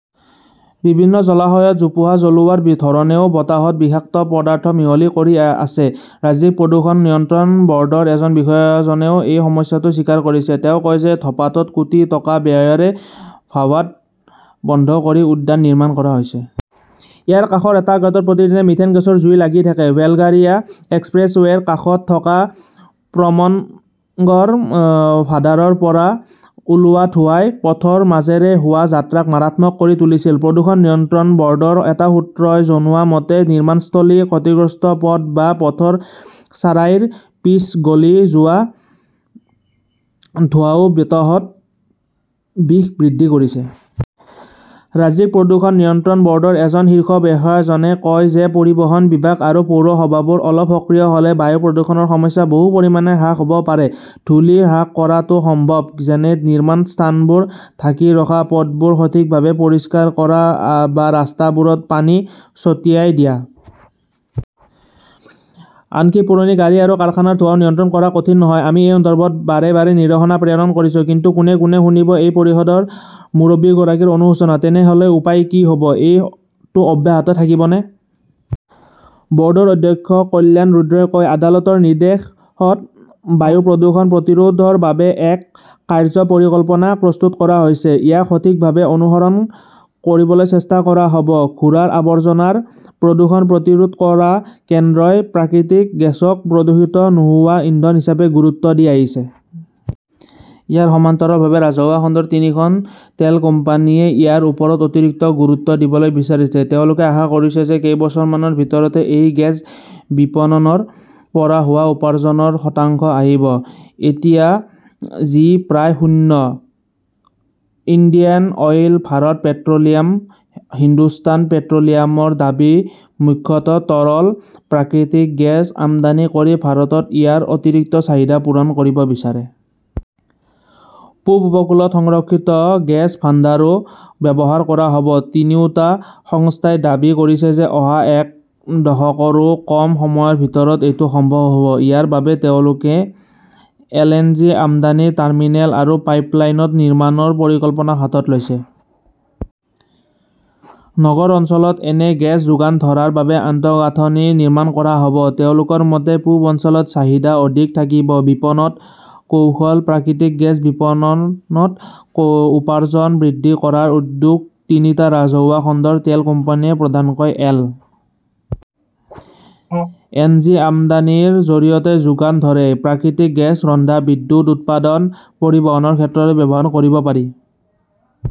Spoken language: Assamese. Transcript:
বিভিন্ন জলাশয়ত জোপোহা জ্বলোৱাৰ ধৰণেও বতাহত বিষাক্ত পদাৰ্থ মিহলি কৰি আছে। ৰাজ্যিক প্ৰদূষণ নিয়ন্ত্ৰণ বৰ্ডৰ এজন বিষয়াজনেও এই সমস্যাটো স্বীকাৰ কৰিছে। তেওঁ কয় যে ধপাতাত কোটি টকা ব্যয়েৰে ভাৱাড বন্ধ কৰি উদ্যান নিৰ্মাণ কৰা হৈছে। ইয়াৰ কাষৰ এটা গাঁতত প্ৰতিদিনে মিথেন গেছৰ জুই লাগি থাকে। বেলগাৰিয়া এক্সপ্ৰেছৱে 'ৰ কাষত থকা প্ৰমনগৰ ভাদাৰৰ পৰা ওলোৱা ধোঁৱাই পথৰ মাজেৰে হোৱা যাত্ৰাক মাৰাত্মক কৰি তুলিছিল। প্ৰদূষণ নিয়ন্ত্ৰণ বৰ্ডৰ এটা সূত্ৰই জনোৱা মতে, নিৰ্মাণস্থলী, ক্ষতিগ্ৰস্ত পথ বা পথৰ চাৰাইৰ পিচ গলি যোৱা ধোঁৱাও বতাহত বিষ বৃদ্ধি কৰিছে। ৰাজ্যিক প্ৰদূষণ নিয়ন্ত্ৰণ বৰ্ডৰ এজন শীৰ্ষ বিষয়াজনে কয় যে পৰিবহণ বিভাগ আৰু পৌৰসভাবোৰ অলপ সক্ৰিয় হলে বায়ু প্ৰদূষণৰ সমস্যা বহু পৰিমাণে হ্ৰাস হব পাৰে। ধুলি হ্ৰাস কৰাটো সম্ভৱ, যেনে নিৰ্মাণ স্থানবোৰ ঢাকি ৰখা, পথবোৰ সঠিকভাৱে পৰিষ্কাৰ কৰা বা ৰাস্তাবোৰত পানী ছটিয়াই দিয়া। আনকি পুৰণি গাড়ী আৰু কাৰখানাৰ ধোঁৱাও নিয়ন্ত্ৰণ কৰাটো কঠিন নহয়। আমি এই সন্দৰ্ভত বাৰে বাৰে নিৰ্দেশনা প্ৰেৰণ কৰিছো। কিন্তু কোনে কোনে শুনিব, সেই পৰিষদৰ মুৰব্বীগৰাকীৰ অনুশোচনা। তেনেহলে উপায় কি হব? এইটো অব্যাহত থাকিবনে? বৰ্ডৰ অধ্যক্ষ কল্যাণ ৰুদ্ৰই কয়, আদালতৰ নিৰ্দেশত বায়ু প্ৰদূষণ প্ৰতিৰোধৰ বাবে এক কাৰ্য্য পৰিকল্পনা প্ৰস্তুত কৰা হৈছে। ইয়াক সঠিকভাৱে অনুসৰণ কৰিবলৈ চেষ্টা কৰা হব। ঘোঁৰাৰ আৱৰ্জনাৰ প্ৰদূষণ প্ৰতিৰোধ কৰা কেন্দ্ৰই প্ৰাকৃতিক গেছক প্ৰদূষিত নোহোৱা ইন্ধন হিচাপে গুৰুত্ব দি আহিছে। ইয়াৰ সমান্তৰালভাৱে ৰাজহুৱা খণ্ডৰ তিনিখন তেল কোম্পানীয়ে ইয়াৰ ওপৰত অতিৰিক্ত গুৰুত্ব দিবলৈ বিচাৰিছে। তেওঁলোকে আশা কৰিছে যে কেইবছৰমানৰ ভিতৰতে এই গেছ বিপণনৰ পৰা হোৱা উপাৰ্জনৰ শতাংশ আহিব। এতিয়া যি প্ৰায় শূন্য। Indian Oil, Bharat Petroleum, Hindustan পেট্ৰলিয়ামৰ দাবী, মুখ্যতঃ তৰল প্ৰাকৃতিক গেছ আমদানি কৰি ভাৰতত ইয়াৰ অতিৰিক্ত চাহিদা পূৰণ কৰিব বিচাৰে। পূব উপকূলত সংৰক্ষিত গেছ ভাণ্ডাৰো ব্যৱহাৰ কৰা হব। তিনিওটা সংস্থাই দাবী কৰিছে যে অহা এক দশকৰো কম সময়ৰ ভিতৰত এইটো সম্ভৱ হব। ইয়াৰ বাবে তেওঁলোকে এলএনজি আমদানি টাৰ্মিনেল আৰু পাইপলাইন নিৰ্মাণৰ পৰিকল্পনা হাতত লৈছে। নগৰ অঞ্চলত এনে গেছ যোগান ধৰাৰ বাবে আন্তঃগাঁথনি নিৰ্মাণ কৰা হব। তেওঁলোকৰ মতে, পূব অঞ্চলত চাহিদা অধিক থাকিব। বিপণন কৌশল; প্ৰাকৃতিক গেছ বিপণনত উপাৰ্জন বৃদ্ধি কৰাৰ উদ্যোগ তিনিটা ৰাজহুৱা খণ্ডৰ তেল কোম্পানীয়ে প্ৰধানকৈ এল. এন. জি. আমদানিৰ জৰিয়তে যোগান ধৰে। প্ৰাকৃতিক গেছ ৰন্ধা, বিদ্যুৎ উৎপাদন, পৰিবহণৰ ক্ষেত্ৰতো ব্যৱহাৰ কৰিব পাৰি।